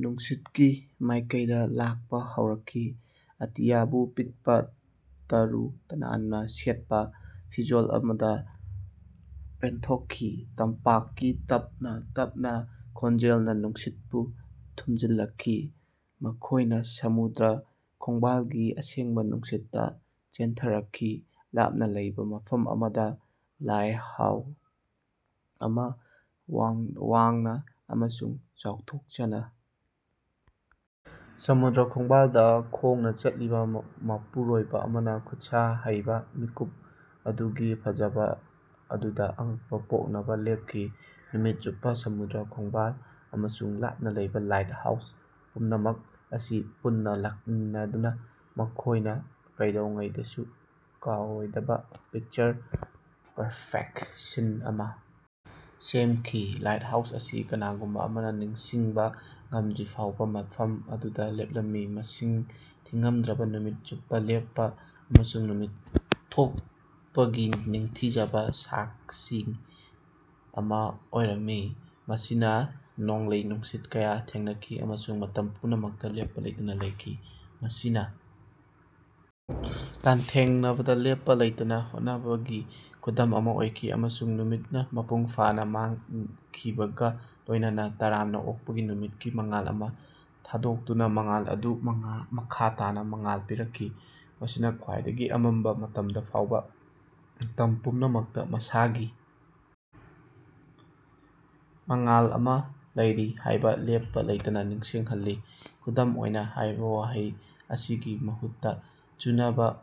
ꯅꯨꯡꯁꯤꯠꯀꯤ ꯃꯥꯏꯀꯩꯗ ꯂꯥꯛꯄ ꯍꯧꯔꯛꯈꯤ, ꯑꯇꯤꯌꯥꯕꯨ ꯄꯤꯛꯄ ꯇꯔꯨ ꯇꯅꯥꯟꯕ ꯁꯦꯠꯄ ꯐꯤꯖꯣꯜ ꯑꯃꯗ ꯄꯦꯟꯊꯣꯛꯈꯤ꯫ ꯇꯝꯄꯥꯛꯀꯤ ꯇꯞꯅ ꯇꯞꯅ ꯈꯣꯟꯖꯦꯜꯅ ꯅꯨꯡꯁꯤꯠꯄꯨ ꯊꯨꯝꯖꯤꯜꯂꯛꯈꯤ, ꯃꯈꯣꯏꯅ ꯁꯃꯨꯗ꯭ꯔ ꯈꯣꯡꯕꯥꯜꯒꯤ ꯑꯁꯦꯡꯕ ꯅꯨꯡꯁꯤꯠꯇ ꯆꯦꯟꯊꯔꯛꯈꯤ꯫ ꯂꯥꯞꯅ ꯂꯩꯕ ꯃꯐꯝ ꯑꯃꯗ ꯂꯥꯏꯠꯍꯥꯎꯁ ꯑꯃ ꯋꯥꯡꯅ ꯑꯃꯁꯨꯡ ꯆꯥꯎꯊꯣꯛꯆꯅ ꯁꯃꯨꯗ꯭ꯔ ꯈꯣꯡꯕꯥꯜꯗ ꯈꯣꯡꯅ ꯆꯠꯂꯤꯕ ꯃꯄꯨꯔꯣꯏꯕ ꯑꯃꯅ ꯈꯨꯠꯁꯥ ꯍꯩꯕ, ꯃꯤꯀꯨꯞ ꯑꯗꯨꯒꯤ ꯐꯖꯕ ꯑꯗꯨꯗ ꯑꯉꯛꯄ ꯄꯣꯛꯅꯕ ꯂꯦꯞꯈꯤ꯫ ꯅꯨꯃꯤꯠ ꯆꯨꯞꯄ ꯁꯃꯨꯗ꯭ꯔ ꯈꯣꯡꯕꯥꯜ ꯑꯃꯁꯨꯡ ꯂꯥꯞꯅ ꯂꯩꯕ ꯂꯥꯏꯠꯍꯥꯎꯁ, ꯄꯨꯝꯅꯃꯛ ꯑꯁꯤ ꯄꯨꯟꯅ ꯂꯥꯛꯃꯤꯟꯅꯗꯨꯅ ꯃꯈꯣꯏꯅ ꯀꯩꯗꯧꯉꯩꯗꯁꯨ ꯀꯥꯎꯔꯣꯏꯗꯕ ꯄꯤꯛꯆꯔ-ꯄꯔꯐꯦꯛꯇ ꯁꯤꯟ ꯑꯃ ꯁꯦꯝꯈꯤ꯫ ꯂꯥꯏꯠꯍꯥꯎꯁ ꯑꯁꯤ ꯀꯅꯥꯒꯨꯝꯕ ꯑꯃꯅ ꯅꯤꯡꯁꯤꯡꯕꯥ ꯉꯝꯗ꯭ꯔꯤꯐꯥꯎꯕ ꯃꯐꯝ ꯑꯗꯨꯗ ꯂꯦꯞꯂꯝꯃꯤ, ꯃꯁꯤꯡ ꯊꯤꯉꯝꯗ꯭ꯔꯕ ꯅꯨꯃꯤꯠ ꯆꯨꯞꯄ ꯂꯦꯞꯄ ꯑꯃꯁꯨꯡ ꯅꯨꯃꯤꯠ ꯊꯣꯛꯄꯒꯤ ꯅꯤꯡꯊꯤꯖꯕ ꯁꯥꯛꯁꯤ ꯑꯃ ꯑꯣꯏꯔꯝꯃꯤ꯫ ꯃꯁꯤꯅ ꯅꯣꯡꯂꯩ-ꯅꯨꯡꯁꯤꯠ ꯀꯌ ꯊꯦꯡꯅꯈꯤ ꯑꯃꯁꯨꯡ ꯃꯇꯝ ꯄꯨꯝꯅꯃꯛꯇ ꯂꯦꯞꯄ ꯂꯩꯇꯅ ꯂꯩꯈꯤ, ꯃꯁꯤꯅ ꯂꯥꯟꯊꯦꯡꯅꯕꯗ ꯂꯦꯞꯄ ꯂꯩꯇꯅ ꯍꯣꯠꯅꯕꯒꯤ ꯈꯨꯗꯝ ꯑꯃ ꯑꯣꯏꯈꯤ꯫ ꯑꯃꯁꯨꯡ ꯅꯨꯃꯤꯠꯅ ꯃꯄꯨꯡ ꯐꯥꯅ ꯃꯥꯡꯈꯤꯕꯒ ꯂꯣꯏꯅꯅ, ꯇꯔꯥꯝꯅ ꯑꯣꯛꯄꯒꯤ ꯅꯨꯃꯤꯠꯀꯤ ꯃꯉꯥꯜ ꯑꯃ ꯊꯥꯗꯣꯛꯇꯨꯅ, ꯃꯉꯥꯜ ꯑꯗꯨ ꯃꯈꯥ ꯇꯥꯅ ꯃꯉꯥꯜ ꯄꯤꯔꯛꯈꯤ, ꯃꯁꯤꯅ ꯈ꯭ꯋꯥꯏꯗꯒꯤ ꯑꯃꯝꯕ ꯃꯇꯝꯗ ꯐꯥꯎꯕ ꯃꯇꯝ ꯄꯨꯝꯅꯃꯛꯇ ꯑꯁꯥꯒꯤ ꯃꯉꯥꯜ ꯑꯃ ꯂꯩꯔꯤ ꯍꯥꯏꯕ ꯂꯦꯞꯄ ꯂꯩꯇꯅ ꯅꯤꯡꯁꯤꯡꯍꯜꯂꯤ꯫ "ꯈꯨꯗꯝ ꯑꯣꯏꯅ" ꯍꯥꯏꯕ ꯋꯥꯍꯩ ꯑꯁꯤꯒꯤ ꯃꯍꯨꯠꯇ ꯆꯨꯅꯕ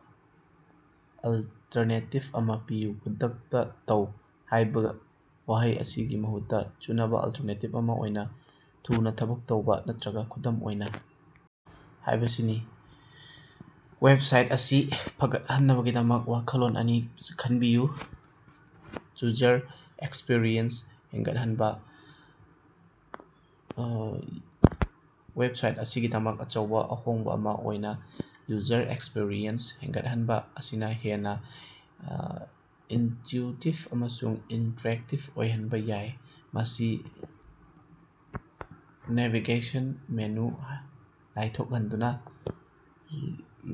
ꯑꯜꯇꯔꯅꯦꯇꯤꯚ ꯑꯃ ꯄꯤꯌꯨ꯫ "ꯈꯨꯗꯛꯇ ꯇꯧ" ꯍꯥꯏꯕ ꯋꯥꯍꯩ ꯑꯁꯤꯒꯤ ꯃꯍꯨꯠꯇ ꯆꯨꯅꯕ ꯑꯜꯇꯔꯅꯦꯇꯤꯚ ꯑꯃ ꯑꯣꯏꯅ "ꯊꯨꯅ ꯊꯕꯛ ꯇꯧꯕ" ꯅꯠꯇ꯭ꯔꯒ "ꯈꯨꯗꯝ ꯑꯣꯏꯅ" ꯍꯥꯏꯕꯁꯤꯅꯤ꯫ ꯋꯦꯕꯁꯥꯏꯠ ꯑꯁꯤ ꯐꯒꯠꯍꯟꯅꯕꯒꯤꯗꯃꯛ ꯋꯥꯈꯜꯂꯣꯟ ꯑꯅꯤ ꯈꯟꯕꯤꯌꯨ꯫ ꯌꯨꯖꯔ ꯑꯦꯛꯁꯄꯤꯔꯤꯑꯦꯟꯁ ꯍꯦꯟꯒꯠꯍꯟꯕ: ꯋꯦꯕꯁꯥꯏꯠ ꯑꯁꯤꯒꯤꯗꯃꯛꯇ ꯑꯆꯧꯕ ꯑꯍꯣꯡꯕ ꯑꯃ ꯑꯣꯏꯅ ꯌꯨꯖꯔ ꯑꯦꯛꯁꯄꯤꯔꯤꯑꯦꯟꯁ ꯍꯦꯟꯒꯠꯍꯟꯕ ꯃꯁꯤꯅ ꯍꯦꯟꯅ ꯏꯅꯇ꯭ꯌꯨꯇꯤꯚ ꯑꯃꯁꯨꯡ ꯏꯟꯇꯔꯦꯛꯇꯤꯚ ꯑꯣꯏꯍꯟꯕ ꯌꯥꯏ꯫ ꯃꯁꯤ ꯅꯦꯚꯤꯒꯦꯁꯟ ꯃꯦꯅꯨ ꯂꯥꯏꯊꯣꯛꯍꯟꯗꯨꯅ,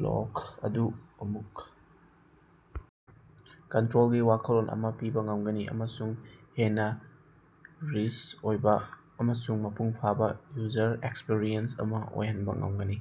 ꯂꯦꯑꯥꯎꯠ ꯑꯗꯨ ꯑꯃꯨꯛ ꯀꯟꯇ꯭ꯔꯣꯜꯒꯤ ꯋꯥꯈꯜꯂꯣꯟ ꯑꯃ ꯄꯤꯕ ꯉꯝꯒꯅꯤ ꯑꯃꯁꯨꯡ ꯍꯦꯟꯅ ꯔꯤꯆ ꯑꯣꯏꯕ ꯑꯃꯁꯨꯡ ꯃꯄꯨꯡ ꯐꯥꯕ ꯌꯨꯖꯔ ꯑꯦꯛꯁꯄꯤꯔꯤꯑꯦꯟꯁ ꯑꯃ ꯑꯣꯏꯍꯟꯕ ꯉꯝꯒꯅꯤ꯫